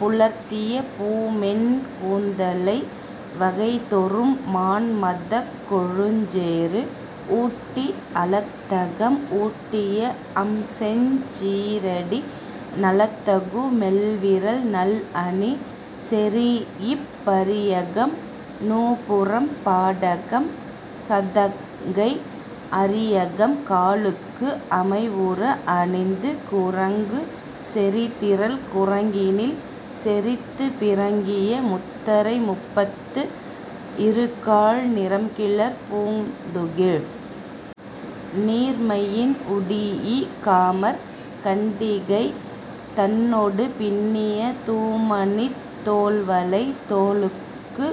புலர்த்திய பூமென் கூந்தலை வகைதொறும் மான்மதக் கொழுஞ்சேறு ஊட்டி, அலத்தகம் ஊட்டிய அம்செஞ் சீறடி நலத்தகு மெல்விரல் நல்அணி செறீஇப், பரியகம் நூபுரம் பாடகம் சதங்கை அரியகம் காலுக்கு அமைவுற அணிந்து, குறங்கு செறிதிரள் குறங்கினில் செறித்து, பிறங்கிய முத்தரை முப்பத்து இருகாழ் நிறம்கிளர் பூந்துகில் நீர்மையின் உடீஇ, காமர் கண்டிகை தன்னொடு பின்னிய தூமணித் தோள்வளை தோளுக்கு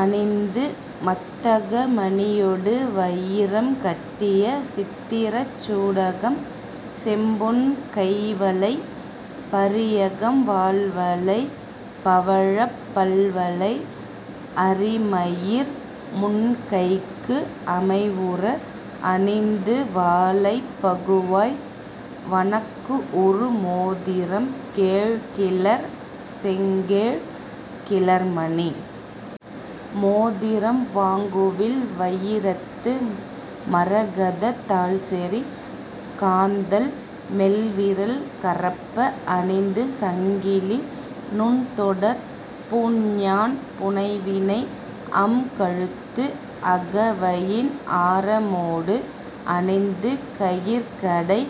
அணிந்து, மத்தக மணியொடு வயிரம் கட்டிய சித்திரச் சூடகம் செம்பொன் கைவளை பரியகம் வால்வளை பவழப் பல்வளை அரிமயிர் முன்கைக்கு அமைவுற அணிந்து, வாளைப் பகுவாய் வணக்குஉறு மோதிரம் கேழ்கிளர் செங்கேழ் கிளர்மணி மோதிரம் வாங்குவில் வயிரத்து மரகதத் தாள்செறி காந்தள் மெல்விரல் கரப்ப அணிந்து, சங்கிலி நுண்தொடர் பூண்ஞான் புனைவினை அம்கழுத்து அகவயின் ஆரமோடு அணிந்து, கயிற்கடை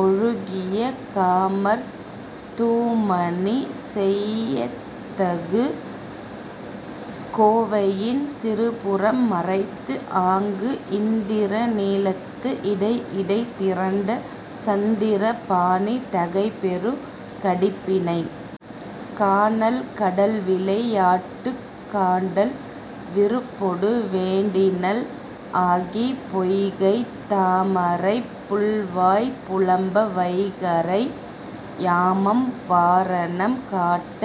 ஒழுகிய காமர் தூமணி செயத்தகு கோவையின் சிறுபுறம் மறைத்துஆங்கு இந்திர நீலத்து இடைஇடை திரண்ட சந்திர பாணி தகைபெறு கடிப்பிணை கானல் கடல்விளை யாட்டுக் காண்டல் விருப்பொடு வேண்டினள் ஆகி, பொய்கைத் தாமரைப் புள்வாய் புலம்ப வைகறை யாமம் வாரணம் காட்ட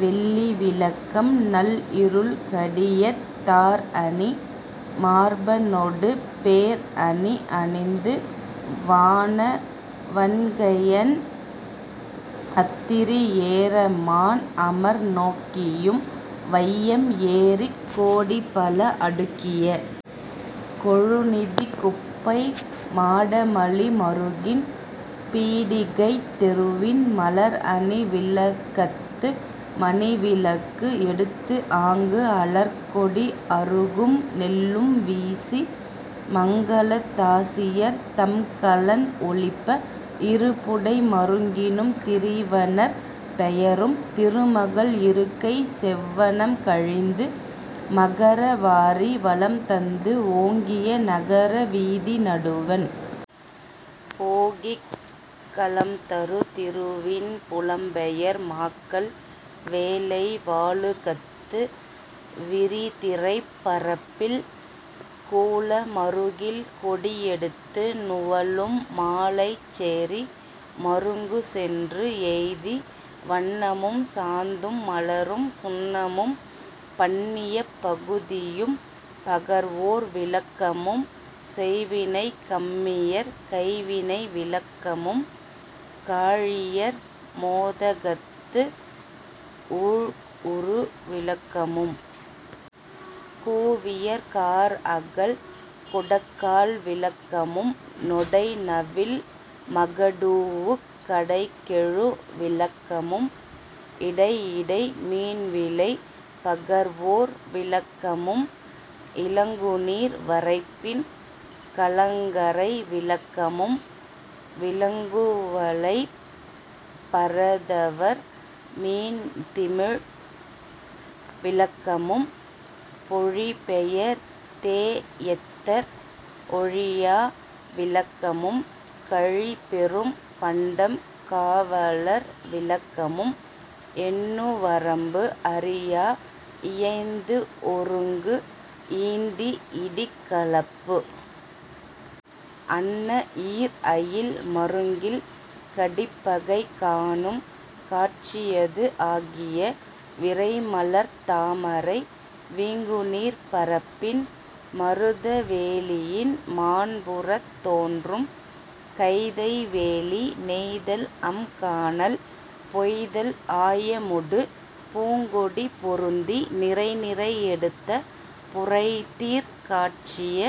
வெள்ளி விளக்கம் நள்இருள் கடியத் தார்அணி மார்பனொடு பேர்அணி அணிந்து வான வண்கையன் அத்திரி ஏற மான்அமர் நோக்கியும் வையம் ஏறிக் கோடிபல அடுக்கிய கொழுநிதிக் குப்பை மாடமலி மறுகின் பீடிகைத் தெருவின் மலர்அணி விளக்கத்து மணிவிளக்கு எடுத்துஆங்கு அலர்க்கொடி அறுகும் நெல்லும் வீசி மங்கலத் தாசியர் தம்கலன் ஒலிப்ப இருபுடை மருங்கினும் திரிவனர் பெயரும் திருமகள் இருக்கை செவ்வனம் கழிந்து மகர வாரி வளம்தந்து ஓங்கிய நகர வீதி நடுவண் போகிக் கலம்தரு திருவின் புலம்பெயர் மாக்கள் வேலை வாலுகத்து விரிதிரைப் பரப்பில் கூல மறுகில் கொடிஎடுத்து நுவலும் மாலைச் சேரி மருங்குசென்று எய்தி, வண்ணமும் சாந்தும் மலரும் சுண்ணமும் பண்ணியப் பகுதியும் பகர்வோர் விளக்கமும், செய்வினைக் கம்மியர் கைவினை விளக்கமும், காழியர் மோதகத்து ஊழ்உறு விளக்கமும், கூவியர் கார்அகல் குடக்கால் விளக்கமும், நொடைநவில் மகடூஉக் கடைகெழு விளக்கமும், இடைஇடை மீன்விலை பகர்வோர் விளக்கமும், இலங்குநீர் வரைப்பின் கலங்கரை விளக்கமும், விலங்குவலைப் பரதவர் மீன்திமில் விளக்கமும், பொழிபெயர் தேஎத்தர் ஒழியா விளக்கமும், கழிபெரும் பண்டம் காவலர் விளக்கமும் எண்ணுவரம்பு அறியா இயைந்துஒருங்கு ஈண்டி இடிக்கலப்பு அன்ன ஈர்அயில் மருங்கில் கடிப்பகை காணும் காட்சியது ஆகிய விரைமலர்த் தாமரை வீங்குநீர்ப் பரப்பின் மருத வேலியின் மாண்புறத் தோன்றும் கைதை வேலி நெய்தல்அம் கானல் பொய்தல் ஆயமொடு பூங்கொடி பொருந்தி நிரைநிரை எடுத்த புரைதீர் காட்சிய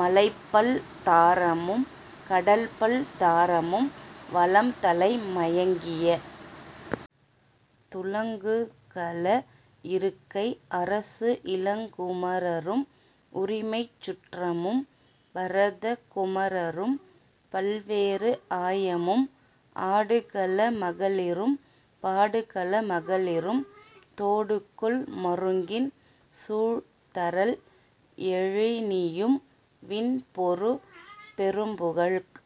மலைப்பல் தாரமும் கடல்பல் தாரமும் வளம்தலை மயங்கிய துளங்குகல இருக்கை அரசுஇளங் குமரரும் உரிமைச் சுற்றமும் பரத குமரரும் பல்வேறு ஆயமும் ஆடுகள மகளிரும் பாடுகள மகளிரும் தோடுகொள் மருங்கின் சூழ்தரல் எழினியும் விண்பொரு பெரும்புகழ்க்